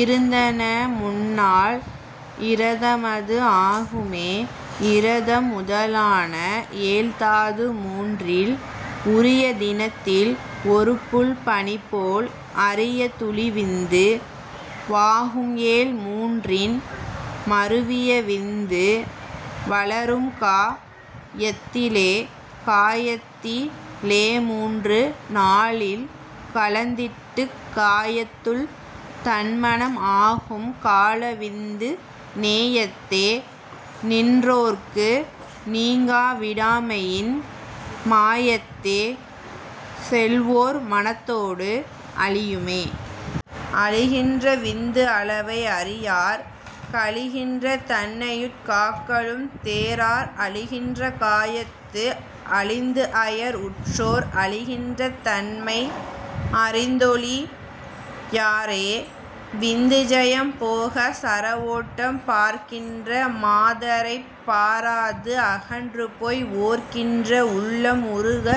இருந்தன முன்னாள் இரதமது ஆகுமே. இரதம் முதலான ஏழ்தாது மூன்றில் உரிய தினத்தில் ஒருபுல் பனிபோல் அரிய துளிவிந்து வாகும்ஏழ் மூன்றின் மருவிய விந்து வளரும்கா யத்திலே. காயத்தி லேமூன்று நாளில் கலந்திட்டுக் காயத்துள் தன்மனம் ஆகும் கலாவிந்து நேயத்தே நின்றோர்க்கு நீங்கா விடாமையின் மாயத்தே செல்வோர் மனத்தோடு அழியுமே. அழிகின்ற விந்து அளவை அறியார் கழிகின்ற தன்னையுட் காக்கலும் தேரார் அழிகின்ற காயத்து அழிந்துஅயர் உற்றோர் அழிகின்ற தன்மை அறிந்தொழி யாரே.. விந்து ஜயம் போக சரவோட்டம் பார்க்கின்ற மாதரைப் பாராது அகன்றுபோய் ஓர்க்கின்ற உள்ளம் உருக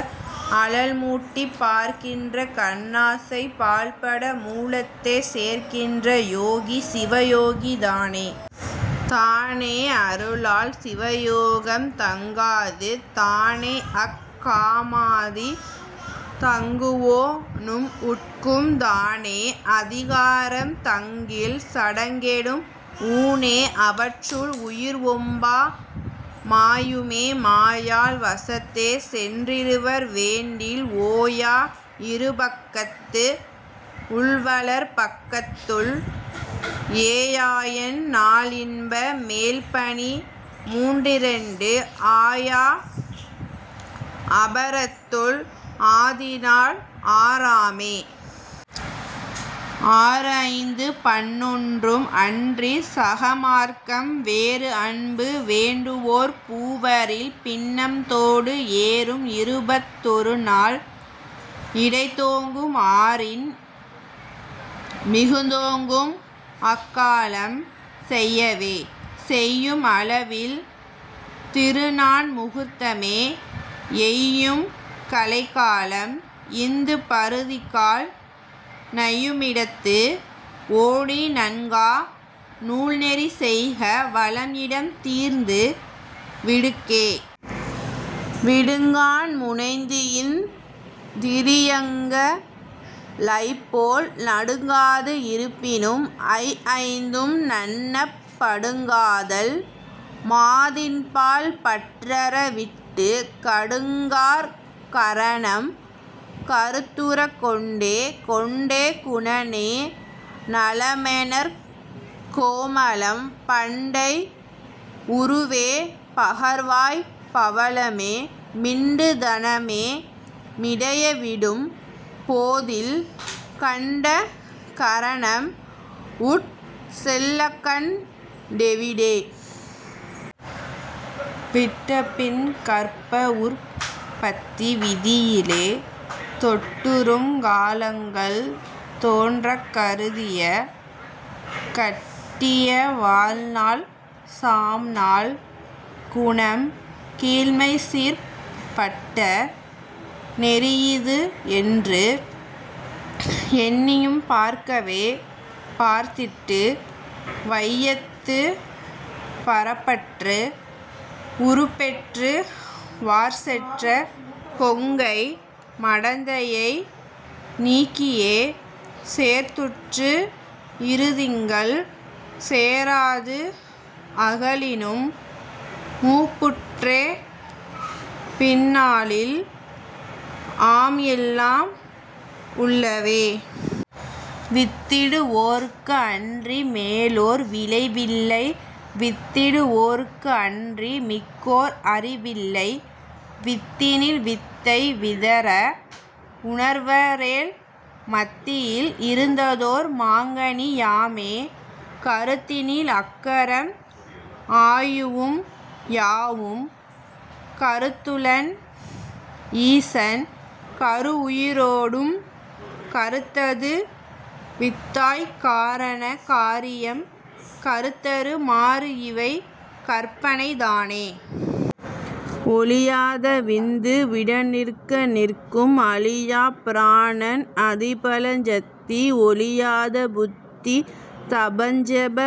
அழல்மூட்டிப் பார்க்கின்ற கண்ணாசை பாழ்பட மூலத்தே சேர்க்கின்ற யோகி சிவயோகி தானே. தானே அருளால் சிவயோகம் தங்காது தானேஅக் காமாதி தங்குவோ னும் உட்கும் தானே அதிகாரம் தங்கில் சடங்கெடும் ஊனே அவற்றுள் உயிர்ஒம்பா மாயுமே. மாயாள் வசத்தே சென்றிவர் வேண்டில் ஓயா இருபக்கத்து உள்வளர் பக்கத்துள் ஏயாஎண் நாள்இன்ப மேல்பனி மூன்றிரண்டு ஆயா அபரத்துள் ஆதிநாள் ஆறாமே. ஆறுஐந்து பன்னொன்றும் அன்றிச் சகமார்க்கம் வேறுஅன்பு வேண்டுவோர் பூவரில் பின்னம்தோடு ஏறும் இருபத் தொருநாள் இடைத்தோங்கும் ஆறின் மிகுந்தோங்கும் அக்காலம் செய்யவே. செய்யும் அளவில் திருநான் முகூர்த்தமே எய்யும் கலைகாலம் இந்து பருதிகால் நையுமிடத்து ஓடி நன்கா நூல்நெறி செய்க வலம் இடம் தீர்ந்து விடுக்கவே. விடுங்காண் முனைந்துஇந் திரியங்க ளைப் போல் நடுங்காது இருப்பானும் ஐஐந்தும் நண்ணப் படுங்காதல் மாதின்பால் பற்றற விட்டுக் கடுங்காற் கரணம் கருத்துறக் கொண்டே. கொண்ட குணனே நலமேநற் கோமளம் பண்டை உருவே பகர்வாய் பவளமே மிண்டு தனமே மிடைய விடும் போதில் கண்ட கரணம் உட் செல்லக்கண் டேவிடே. விட்டபின் கர்ப்பஉற் பத்தி விதியிலே தொட்டுறுங் காலங்கள் தோன்றக் கருதிய கட்டிய வாழ்நாள் சாம்நாள் குணம் கீழ்மைசீர்ப் பட்ட நெறியிதுஎன்று எண்ணியும் பார்க்கவே. பார்த்திட்டு வையத்துப் பரப்பற்று உருப்பெற்று வார்ச்செற்ற கொங்கை மடந்தையை நீக்கியே சேர்த்துற்று இருதிங்கள் சேராது அகலினும் மூப்புற்றே பின்னாளில் ஆம்எல்லாம் உள்ளவே. வித்திடு வோர்க்கு அன்றி மேலோர் விளைவில்லை வித்திடு வோர்க்கு அன்றி மிக்கோர் அறிவில்லை வித்தினில் வித்தை விதற உணர்வரேல் மத்தில் இருந்ததோர் மாங்கனி யாமே. கருத்தினில் அக்கரம் ஆயுவும் யாவும் கருத்துளன் ஈசன் கருஉயிரோடும் கருத்தது வித்தாய்க் காரண காரியம் கருத்தறு மாறுஇவை கற்பனை தானே. ஒழியாத விந்து வுடன்நிற்க நிற்கும் அழியாப் பிராணன் அதிபலஞ் சத்தி ஒழியாத புத்தி தபஞ்செப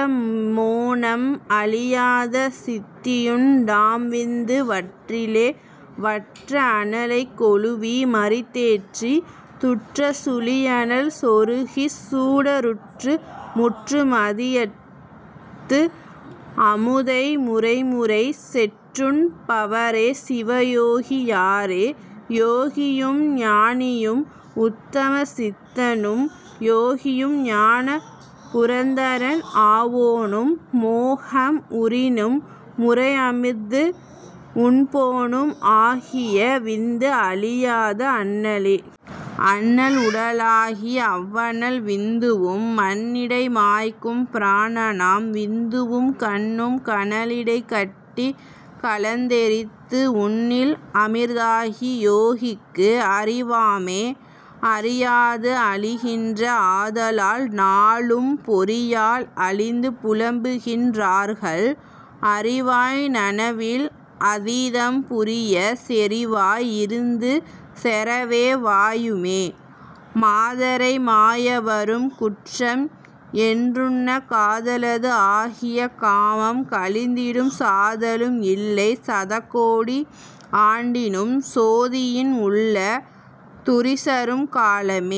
மோனம் அழியாத சித்தியுண் டாம்விந்து வற்றிலே. வற்ற அனலைக் கொளுவி மறித்தேற்றித் துற்ற சுழியனல் சொருகிக் சுடருற்று முற்று மதியத்து அமுதை முறைமுறை செற்றுண் பவரே சிவயோகி யாரே. யோகியும் ஞானியும் உத்தம சித்தனும் யோகியும் ஞான புரந்தரன் ஆவோனும் மோகம் உறினும் முறைஅமிர்து உண்போனும் ஆகிய விந்து அழியாத அண்ணலே. அண்ணல் உடலாகி அவ்வனல் விந்துவும் மண்ணிடை மாய்க்கும் பிராணனாம் விந்துவும் கண்ணும் கனலிடைக் கட்டிக் கலந்தெரித்து உண்ணில் அமிர்தாகி யோகிக்கு அறிவாமே. அறியாது அழிகின்ற ஆதலால் நாளும் பொறியால் அழிந்து புலம்புகின் றார்கள் அறிவாய் நனவில் அதீதம் புரியச் செறிவாய் இருந்து சேரவே வாயுமே. மாதரை மாய வரும் கூற்றம் என்றுன்னக் காதலது ஆகிய காமம் கழிந்திடும் சாதலும் இல்லை சதகோடி ஆண்டினும் சோதியின் உள்ளே துரிசறும் காலமே.